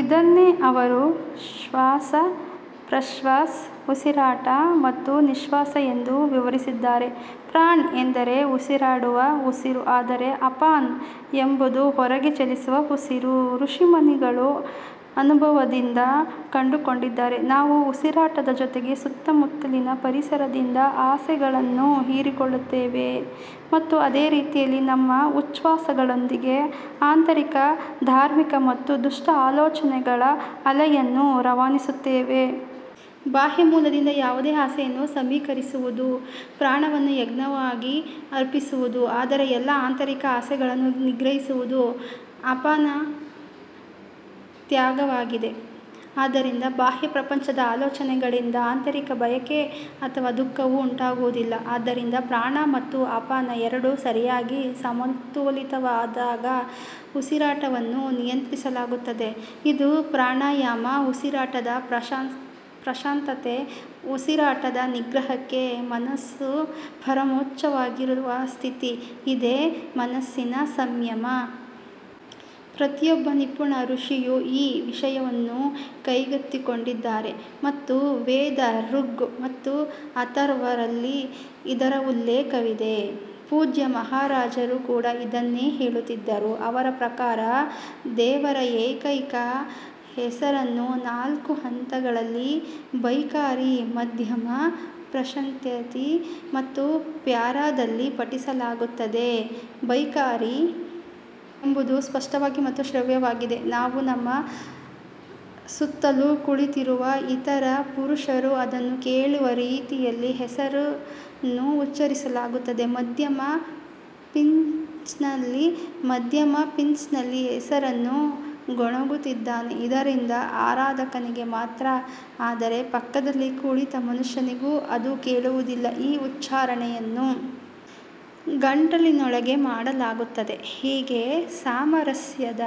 ಇದನ್ನೇ ಅವರು ಶ್ವಾಸ ಪ್ರಶ್ವಾಸ್ ಉಸಿರಾಟ ಮತ್ತು ನಿಶ್ವಾಸ ಎಂದೂ ವಿವರಿಸಿದ್ದಾರೆ ಪ್ರಾಣ್ ಎಂದರೆ ಉಸಿರಾಡುವ ಉಸಿರು ಆದರೆ ಅಪಾನ್ ಎಂಬುದು ಹೊರಗೆ ಚಲಿಸುವ ಉಸಿರು ಋಷಿಮುನಿಗಳು ಅನುಭವದಿಂದ ಕಂಡುಕೊಂಡಿದ್ದಾರೆ, ನಾವು ಉಸಿರಾಟದ ಜೊತೆಗೆ ಸುತ್ತಮುತ್ತಲಿನ ಪರಿಸರದಿಂದ ಆಸೆಗಳನ್ನು ಹೀರಿಕೊಳ್ಳುತ್ತೇವೆ ಮತ್ತು ಅದೇ ರೀತಿಯಲ್ಲಿ ನಮ್ಮ ಉಚ್ಛ್ವಾಸಗಳೊಂದಿಗೆ ಆಂತರಿಕ ಧಾರ್ಮಿಕ ಮತ್ತು ದುಷ್ಟ ಆಲೋಚನೆಗಳ ಅಲೆಗಳನ್ನು ರವಾನಿಸುತ್ತೇವೆ. ಬಾಹ್ಯ ಮೂಲದಿಂದ ಯಾವುದೇ ಆಸೆಯನ್ನು ಸಮೀಕರಿಸದಿರುವುದು ಪ್ರಾಣವನ್ನು ಯಜ್ಞವಾಗಿ ಅರ್ಪಿಸುವುದು ಆದರೆ ಎಲ್ಲಾ ಆಂತರಿಕ ಆಸೆಗಳನ್ನು ನಿಗ್ರಹಿಸುವುದು ಅಪನ ತ್ಯಾಗವಾಗಿದೆ, ಆದ್ದರಿಂದ ಬಾಹ್ಯ ಪ್ರಪಂಚದ ಆಲೋಚನೆಗಳಿಂದ ಆಂತರಿಕ ಬಯಕೆ ಅಥವಾ ದುಃಖವು ಉಂಟಾಗುವುದಿಲ್ಲ. ಆದ್ದರಿಂದ ಪ್ರಾಣ ಮತ್ತು ಅಪನ ಎರಡೂ ಸರಿಯಾಗಿ ಸಮತೋಲಿತವಾದಾಗ ಉಸಿರಾಟವನ್ನು ನಿಯಂತ್ರಿಸಲಾಗುತ್ತದೆ ಇದು ಪ್ರಾಣಾಯಾಮ ಉಸಿರಾಟದ ಪ್ರಶಾಂತತೆ ಉಸಿರಾಟದ ನಿಗ್ರಹಕ್ಕೆ ಮನಸ್ಸು ಪರಮೋಚ್ಚವಾಗಿರುವ ಸ್ಥಿತಿ ಇದೇ ಮನಸ್ಸಿನ ಸಂಯಮ. ಪ್ರತಿಯೊಬ್ಬ ನಿಪುಣ ಋಷಿಯೂ ಈ ವಿಷಯವನ್ನು ಕೈಗೆತ್ತಿಕೊಂಡಿದ್ದಾರೆ ಮತ್ತು ವೇದ ಋಗ್ ಮತ್ತು ಅಥರ್ವ ರಲ್ಲಿ ಇದರ ಉಲ್ಲೇಖವಿದೆ. ಪೂಜ್ಯ ಮಹಾರಾಜರು ಕೂಡ ಇದನ್ನೇ ಹೇಳುತ್ತಿದ್ದರು ಅವರ ಪ್ರಕಾರ ದೇವರ ಏಕೈಕ ಹೆಸರನ್ನು ನಾಲ್ಕು ಹಂತಗಳಲ್ಲಿ ಬೈಖಾರಿ ಮಧ್ಯಮ ಪಶ್ಯಂತಿ ಮತ್ತು ಪ್ಯಾರಾದಲ್ಲಿ ಪಠಿಸಲಾಗುತ್ತದೆ ಬೈಖಾರಿ ಎಂಬುದು ಸ್ಪಷ್ಟವಾಗಿ ಮತ್ತು ಶ್ರವ್ಯವಾಗಿದೆ ನಾವು ಮತ್ತು ನಮ್ಮ ಸುತ್ತಲೂ ಕುಳಿತಿರುವ ಇತರ ಪುರುಷರು ಅದನ್ನು ಕೇಳುವ ರೀತಿಯಲ್ಲಿ ಹೆಸರನ್ನು ಉಚ್ಚರಿಸಲಾಗುತ್ತದೆ ಮಧ್ಯಮ ಪಿಚ್ನಲ್ಲಿ ಮಧ್ಯಮ ಪಿಚ್ನಲ್ಲಿ ಹೆಸರನ್ನು ಗೊಣಗುತ್ತಿದ್ದಾನೆ ಇದರಿಂದ ಆರಾಧಕನಿಗೆ ಮಾತ್ರ ಆದರೆ ಪಕ್ಕದಲ್ಲಿ ಕುಳಿತ ಮನುಷ್ಯನಿಗೂ ಅದು ಕೇಳುವುದಿಲ್ಲ ಈ ಉಚ್ಚಾರಣೆಯನ್ನು ಗಂಟಲಿನೊಳಗೆ ಮಾಡಲಾಗುತ್ತದೆ ಹೀಗೆ ಸಾಮರಸ್ಯದ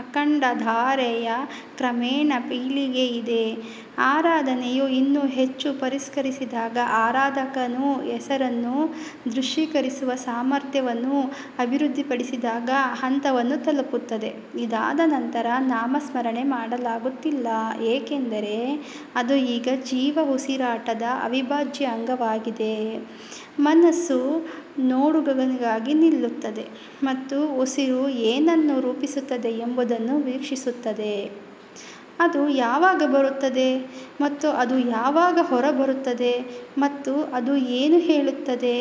ಅಖಂಡ ಧಾರೆಯ ಕ್ರಮೇಣ ಪೀಳಿಗೆಯಿದೆ ಆರಾಧನೆಯು ಇನ್ನೂ ಹೆಚ್ಚು ಪರಿಷ್ಕರಿಸಿದಾಗ ಆರಾಧಕನು ಹೆಸರನ್ನು ದೃಶ್ಯೀಕರಿಸುವ ಸಾಮರ್ಥ್ಯವನ್ನು ಅಭಿವೃದ್ಧಿಪಡಿಸಿದಾಗ ಹಂತವನ್ನು ತಲುಪುತ್ತದೆ ಇದಾದ ನಂತರ ನಾಮಸ್ಮರಣೆ ಮಾಡಲಾಗುತ್ತಿಲ್ಲ ಏಕೆಂದರೆ ಅದು ಈಗ ಜೀವ ಉಸಿರಾಟದ ಅವಿಭಾಜ್ಯ ಅಂಗವಾಗಿದೆ ಮನಸ್ಸು ನೋಡುಗನಾಗಿ ನಿಲ್ಲುತ್ತದೆ ಮತ್ತು ಉಸಿರು ಏನನ್ನು ರೂಪಿಸುತ್ತದೆ ಎಂಬುದನ್ನು ವೀಕ್ಷಿಸುತ್ತದೆ ಅದು ಯಾವಾಗ ಬರುತ್ತದೆ ಮತ್ತು ಅದು ಯಾವಾಗ ಹೊರಬರುತ್ತದೆ ಮತ್ತು ಅದು ಏನು ಹೇಳುತ್ತದೆ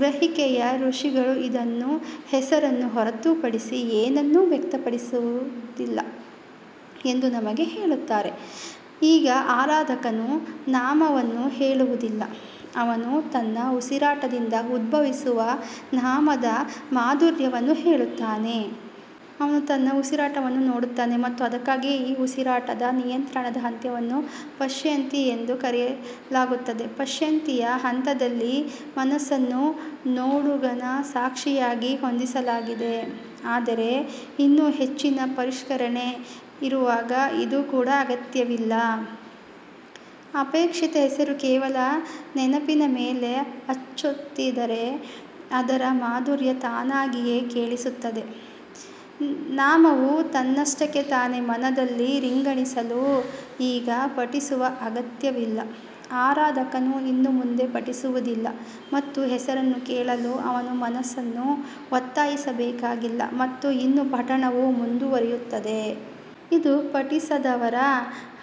ಗ್ರಹಿಕೆಯ ಋಷಿಗಳು ಇದು ಹೆಸರನ್ನು ಹೊರತುಪಡಿಸಿ ಏನನ್ನೂ ವ್ಯಕ್ತಪಡಿಸುವುದಿಲ್ಲ ಎಂದು ನಮಗೆ ಹೇಳುತ್ತಾರೆ ಈಗ ಆರಾಧಕನು ನಾಮವನ್ನು ಹೇಳುವುದಿಲ್ಲ, ಅವನು ತನ್ನ ಉಸಿರಾಟದಿಂದ ಉದ್ಭವಿಸುವ ನಾಮದ ಮಾಧುರ್ಯವನ್ನು ಕೇಳುತ್ತಾನೆ. ಅವನು ತನ್ನ ಉಸಿರಾಟವನ್ನು ನೋಡುತ್ತಾನೆ ಮತ್ತು ಅದಕ್ಕಾಗಿಯೇ ಈ ಉಸಿರಾಟದ ನಿಯಂತ್ರಣದ ಹಂತವನ್ನು ಪಶ್ಯಂತಿ ಎಂದು ಕರೆಯಲಾಗುತ್ತದೆ ಪಶ್ಯಂತಿಯ ಹಂತದಲ್ಲಿ ಮನಸ್ಸನ್ನು ನೋಡುಗನ ಸಾಕ್ಷಿಯಾಗಿ ಹೊಂದಿಸಲಾಗಿದೆ ಆದರೆ ಇನ್ನೂ ಹೆಚ್ಚಿನ ಪರಿಷ್ಕರಣೆ ಇರುವಾಗ ಇದು ಕೂಡ ಅಗತ್ಯವಿಲ್ಲ ಅಪೇಕ್ಷಿತ ಹೆಸರು ಕೇವಲ ನೆನಪಿನ ಮೇಲೆ ಅಚ್ಚೊತ್ತಿದರೆ ಅದರ ಮಧುರ ತಾನಾಗಿಯೇ ಕೇಳಿಸುತ್ತದೆ ನಾಮವು ತನ್ನಷ್ಟಕ್ಕೆ ತಾನೆ ಮನದಲ್ಲಿ ರಿಂಗಣಿಸಲು ಈಗ ಪಠಿಸುವ ಅಗತ್ಯವಿಲ್ಲ ಆರಾಧಕನು ಇನ್ನು ಮುಂದೆ ಪಠಿಸುವುದಿಲ್ಲ ಮತ್ತು ಹೆಸರನ್ನು ಕೇಳಲು ಅವನು ಮನಸ್ಸನ್ನು ಒತ್ತಾಯಿಸಬೇಕಾಗಿಲ್ಲ ಮತ್ತು ಇನ್ನೂ ಪಠಣವು ಮುಂದುವರಿಯುತ್ತದೆ. ಇದು ಪಠಿಸದವರ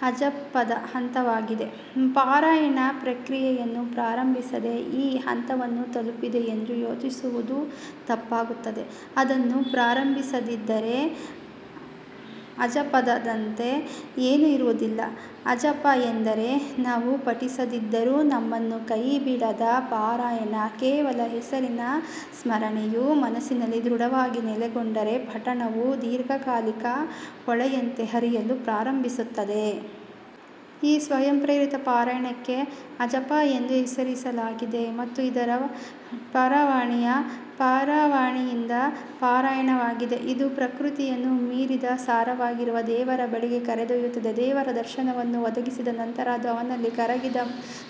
ಅಜಪದ ಹಂತವಾಗಿದೆ ಪಾರಾಯಣ ಪ್ರಕ್ರಿಯೆಯನ್ನು ಪ್ರಾರಂಭಿಸದೆ ಈ ಹಂತವನ್ನು ತಲುಪಿದೆ ಎಂದು ಯೋಚಿಸುವುದು ತಪ್ಪಾಗುತ್ತದೆ ಅದನ್ನು ಪ್ರಾರಂಭಿಸದಿದ್ದರೆ ಅಜಪದಂತೆ ಏನೂ ಇರುವುದಿಲ್ಲ ಅಜಪ ಎಂದರೆ ನಾವು ಪಠಿಸದಿದ್ದರೂ ನಮ್ಮನ್ನು ಕೈಬಿಡದ ಪಾರಾಯಣ ಕೇವಲ ಹೆಸರಿನ ಸ್ಮರಣೆಯು ಮನಸ್ಸಿನಲ್ಲಿ ದೃಢವಾಗಿ ನೆಲೆಗೊಂಡರೆ, ಪಠಣವು ದೀರ್ಘಕಾಲಿಕ ಹೊಳೆಯಂತೆ ಹರಿಯಲು ಪ್ರಾರಂಭಿಸುತ್ತದೆ. ಈ ಸ್ವಯಂಪ್ರೇರಿತ ಪಾರಾಯಣಕ್ಕೆ ಅಜಪ ಎಂದು ಹೆಸರಿಸಲಾಗಿದೆ ಮತ್ತು ಇದು ಪಾರವಾಣಿಯ ಪಾರವಣಿಯಿಂದ ಪಾರಾಯಣವಾಗಿದೆ. ಇದು ಪ್ರಕೃತಿಯನ್ನು ಮೀರಿದ ಸಾರವಾಗಿರುವ ದೇವರ ಬಳಿಗೆ ಕರೆದೊಯ್ಯುತ್ತದೆ ದೇವರ ದರ್ಶನವನ್ನು ಒದಗಿಸಿದ ನಂತರ ಅದು ಅವನಲ್ಲಿ ಕರಗಿದ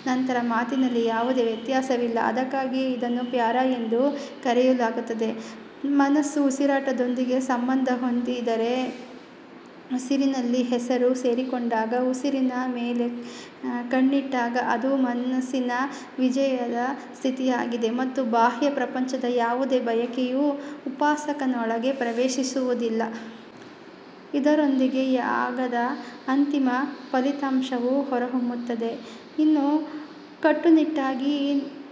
ನಂತರ ಮಾತಿನಲ್ಲಿ ಯಾವುದೇ ವ್ಯತ್ಯಾಸವಿಲ್ಲ ಅದಕ್ಕಾಗಿಯೇ ಇದನ್ನು ಪ್ಯಾರಾ ಎಂದು ಕರೆಯಲಾಗುತ್ತದೆ ಮನಸ್ಸು ಉಸಿರಾಟದೊಂದಿಗೆ ಸಂಬಂಧ ಹೊಂದಿದೆ ಉಸಿರಿನಲ್ಲಿ ಹೆಸರು ಸೇರಿಕೊಂಡಾಗ ಉಸಿರಿನ ಮೇಲೆ ಕಣ್ಣಿಟ್ಟಾಗ ಅದು ಮನಸ್ಸಿನ ವಿಜಯದ ಸ್ಥಿತಿಯಾಗಿದೆ ಮತ್ತು ಬಾಹ್ಯ ಪ್ರಪಂಚದ ಯಾವುದೇ ಬಯಕೆಯು ಉಪಾಸಕನೊಳಗೆ ಪ್ರವೇಶಿಸುವುದಿಲ್ಲ. ಇದರೊಂದಿಗೆ ಯಾಗದ ಅಂತಿಮ ಫಲಿತಾಂಶವು ಹೊರಹೊಮ್ಮುತ್ತದೆ ಇನ್ನೂ ಕಟ್ಟುನಿಟ್ಟಾಗಿ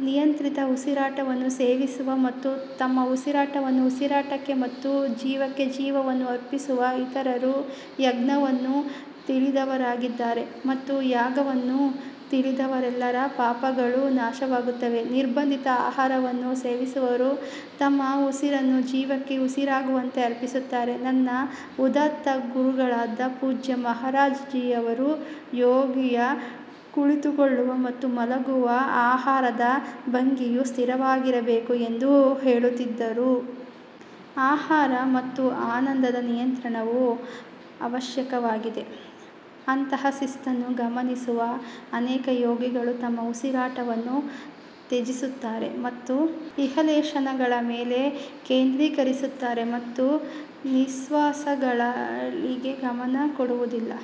ನಿಯಂತ್ರಿತ ಉಸಿರಾಟವನ್ನು ಸೇವಿಸುವ ಮತ್ತು ತಮ್ಮ ಉಸಿರಾಟವನ್ನು ಉಸಿರಾಟಕ್ಕೆ ಮತ್ತು ಜೀವಕ್ಕೆ ಜೀವವನ್ನು ಅರ್ಪಿಸುವ ಇತರರು ಯಜ್ಞವನ್ನು ತಿಳಿದವರಾಗಿದ್ದಾರೆ ಮತ್ತು ಯಾಗವನ್ನು ತಿಳಿದವರೆಲ್ಲರ ಪಾಪಗಳು ನಾಶವಾಗುತ್ತವೆ. ನಿರ್ಬಂಧಿತ ಆಹಾರವನ್ನು ಸೇವಿಸುವವರು ತಮ್ಮ ಉಸಿರನ್ನು ಜೀವಕ್ಕೆ ಉಸಿರಾಗುವಂತೆ ಅರ್ಪಿಸುತ್ತಾರೆ ನನ್ನ ಉದಾತ್ತ ಗುರುಗಳಾದ ಪೂಜ್ಯ ಮಹಾರಾಜ್ ಜೀಯವರು ಯೋಗಿಯ ಕುಳಿತುಕೊಳ್ಳುವ ಮತ್ತು ಮಲಗುವ ಆಹಾರದ ಭಂಗಿಯು ಸ್ಥಿರವಾಗಿರಬೇಕು ಎಂದು ಹೇಳುತ್ತಿದ್ದರು. ಆಹಾರ ಮತ್ತು ಆನಂದದ ನಿಯಂತ್ರಣವು ಅವಶ್ಯಕವಾಗಿದೆ ಅಂತಹ ಶಿಸ್ತನ್ನು ಗಮನಿಸುವ ಅನೇಕ ಯೋಗಿಗಳು ತಮ್ಮ ಉಸಿರಾಟವನ್ನು ತ್ಯಜಿಸುತ್ತಾರೆ ಮತ್ತು ಇನ್ಹಲೇಷನ್ಗಳ ಮೇಲೆ ಕೇಂದ್ರೀಕರಿಸುತ್ತಾರೆ ಮತ್ತು ನಿಶ್ವಾಸಗಳಿಗೆ ಗಮನ ಕೊಡುವುದಿಲ್ಲ.